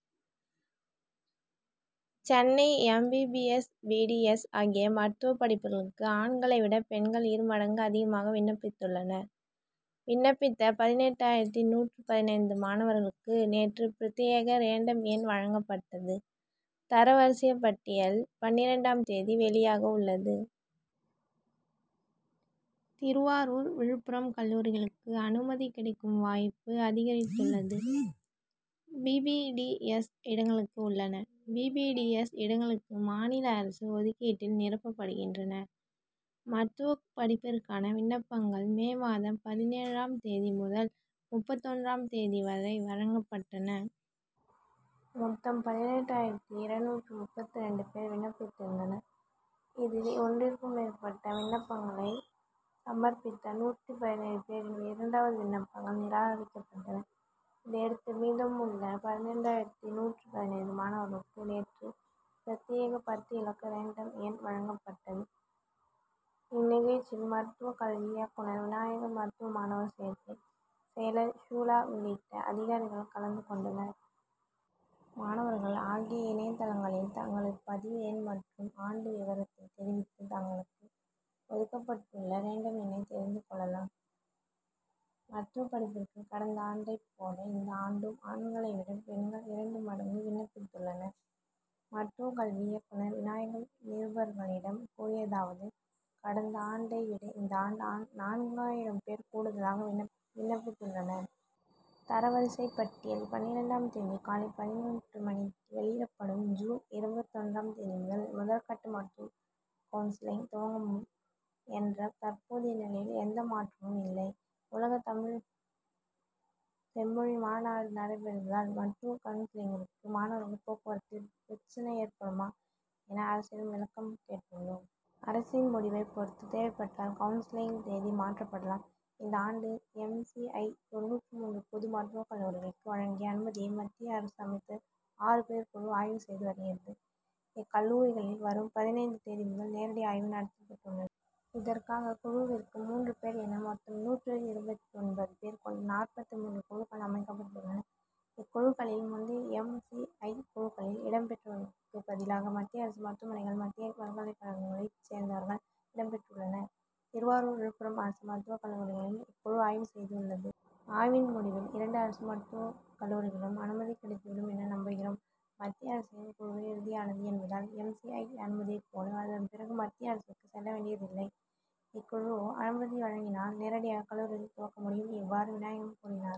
Chennai M. B. B. S. B. D. S. ஆகிய மருத்துவ படிப்புகளுக்கு ஆண்களை விட பெண்கள் இரு மடங்கு அதிகமாக விண்ணப்பித்துள்ளனர். விண்ணப்பித்த பதினெட்டாயிரத்து நூற்று பதினைந்து மாணவர்களுக்கு நேற்று பிரத்யேக ரேண்டம் எண் வழங்கப்பட்டது. தர வரிசைப்பட்டியல் பன்னிரண்டாம் தேதி வெளியாக உள்ளது. திருவாரூர் விழுப்புரம் கல்லூரிகளுக்கும் அனுமதி கிடைக்கும் வாய்ப்பு அதிகரித்துள்ளது. பி. பி. டி. எஸ். இடங்களும் உள்ளன. பி. பி. டி. எஸ். இடங்களும் மாநில அரசு ஒதுக்கீட்டில் நிரப்பப்படுகின்றன. மருத்துவப் படிப்பிற்கான விண்ணப்பங்கள் மே மாதம் பதினேழாம் தேதி முதல் முப்பத்தொன்றாம் தேதி வரை வழங்கப்பட்டன. மொத்தம் பதினெட்டாயிரத்து இருநூற்று முப்பத்திரண்டு பேர் விண்ணப்பித்திருந்தனர். இதில் ஒன்றிற்கும் மேற்பட்ட விண்ணப்பங்களை சமர்ப்பித்த நூற்று பதினேழு பேரின் இரண்டாவது விண்ணப்பங்கள் நிராகரிக்கப்பட்டன. இதையடுத்து மீதமுள்ள பதினெட்டாயிரத்து நூற்று பதினைந்து மாணவர்களுக்கு நேற்று பிரத்யேக பத்து இலக்க ரேண்டம் எண் வழங்கப்பட்டது. இந்நிகழ்ச்சியில் மருத்துவக் கல்வி இயக்குனர் விநாயகம் மருத்துவ மாணவர் சேர்க்கை செயலர் ஷீலா உள்ளிட்ட அதிகாரிகள் கலந்து கொண்டனர். மாணவர்கள் ஆகிய இணையதளங்களில் தங்களது பதிவு எண் மற்றும் ஆண்டு விவரத்தை தெரிவித்து தங்களுக்கு ஒதுக்கப்பட்டுள்ள ரேண்டம் எண்ணை தெரிந்து கொள்ளலாம். மருத்துவப் படிப்பிற்கு கடந்த ஆண்டைப் போல இந்த ஆண்டும் ஆண்களை விட பெண்கள் இரண்டு மடங்கு விண்ணப்பித்துள்ளனர். மருத்துவக் கல்வி இயக்குனர் விநாயகம் நிருபர்களிடம் கூறியதாவது கடந்த ஆண்டை விட இந்த ஆண்டு நான்காயிரம் பேர் கூடுதலாக விண்ணப்பித்துள்ளனர். தரவரிசைப் பட்டியல் பன்னிரண்டாம் தேதி காலை பதினொன்று மணிக்கு வெளியிடப்படும். ஜூன் இருபத்தொன்றாம் தேதி முதல் முதற்கட்ட மருத்துவக் கவுன்சிலிங் துவங்கும் என்ற தற்போதைய நிலையில் எந்த மாற்றமும் இல்லை. உலகத் தமிழ்ச் செம்மொழி மாநாடு நடைபெறுவதால் மருத்துவக் கவுன்சிலிங்கிற்கு மாணவர்கள் போக்குவரத்தில் பிரச்னை ஏற்படுமா என அரசிடம் விளக்கம் கேட்டுள்ளோம். அரசின் முடிவைப் பொறுத்து தேவைப்பட்டால் கவுன்சிலிங் தேதி மாற்றப்படலாம். இந்த ஆண்டு எம். சி. ஐ. தொண்ணூற்று மூன்று புது மருத்துவக் கல்லூரிகளுக்கு வழங்கிய அனுமதியை மத்திய அரசு அமைத்த ஆறு பேர் குழு ஆய்வு செய்து வருகிறது. இக்கல்லூரிகளில் வரும் பதினைந்து தேதி முதல் நேரடி ஆய்வு நடத்தப்படவுள்ளது. இதற்காக குழுவிற்கு மூன்று பேர் என மொத்தம் நூற்று இருபத்தொன்பது பேர் கொண்ட நாற்பத்து மூன்று குழுக்கள் அமைக்கப்பட்டுள்ளன. இக்குழுக்களில் முந்தைய எம். சி. ஐ. குழுக்களில் இடம் பெற்றவர்களுக்கு பதிலாக மத்திய அரசு மருத்துவமனைகள் மத்திய பல்கலைக் கழகங்களைச் சேர்ந்தவர்கள் இடம்பெற்றுள்ளனர். திருவாரூர் விழுப்புரம் அரசு மருத்துவக் கல்லூரிகளையும் இக்குழு ஆய்வு செய்யவுள்ளது. ஆய்வின் முடிவில் இரண்டு அரசு மருத்துவக் கல்லூரிகளுக்கும் அனுமதி கிடைத்து விடும் என நம்புகிறோம். மத்திய அரசின் குழுவே இறுதியானது என்பதால் எம். சி. ஐ. அனுமதியைப் போல அதன்பிறகு மத்திய அரசுக்கு செல்ல வேண்டியதில்லை. இக்குழு அனுமதி வழங்கினால் நேரடியாக கல்லூரியை துவக்க முடியும். இவ்வாறு விநாயகம் கூறினார்.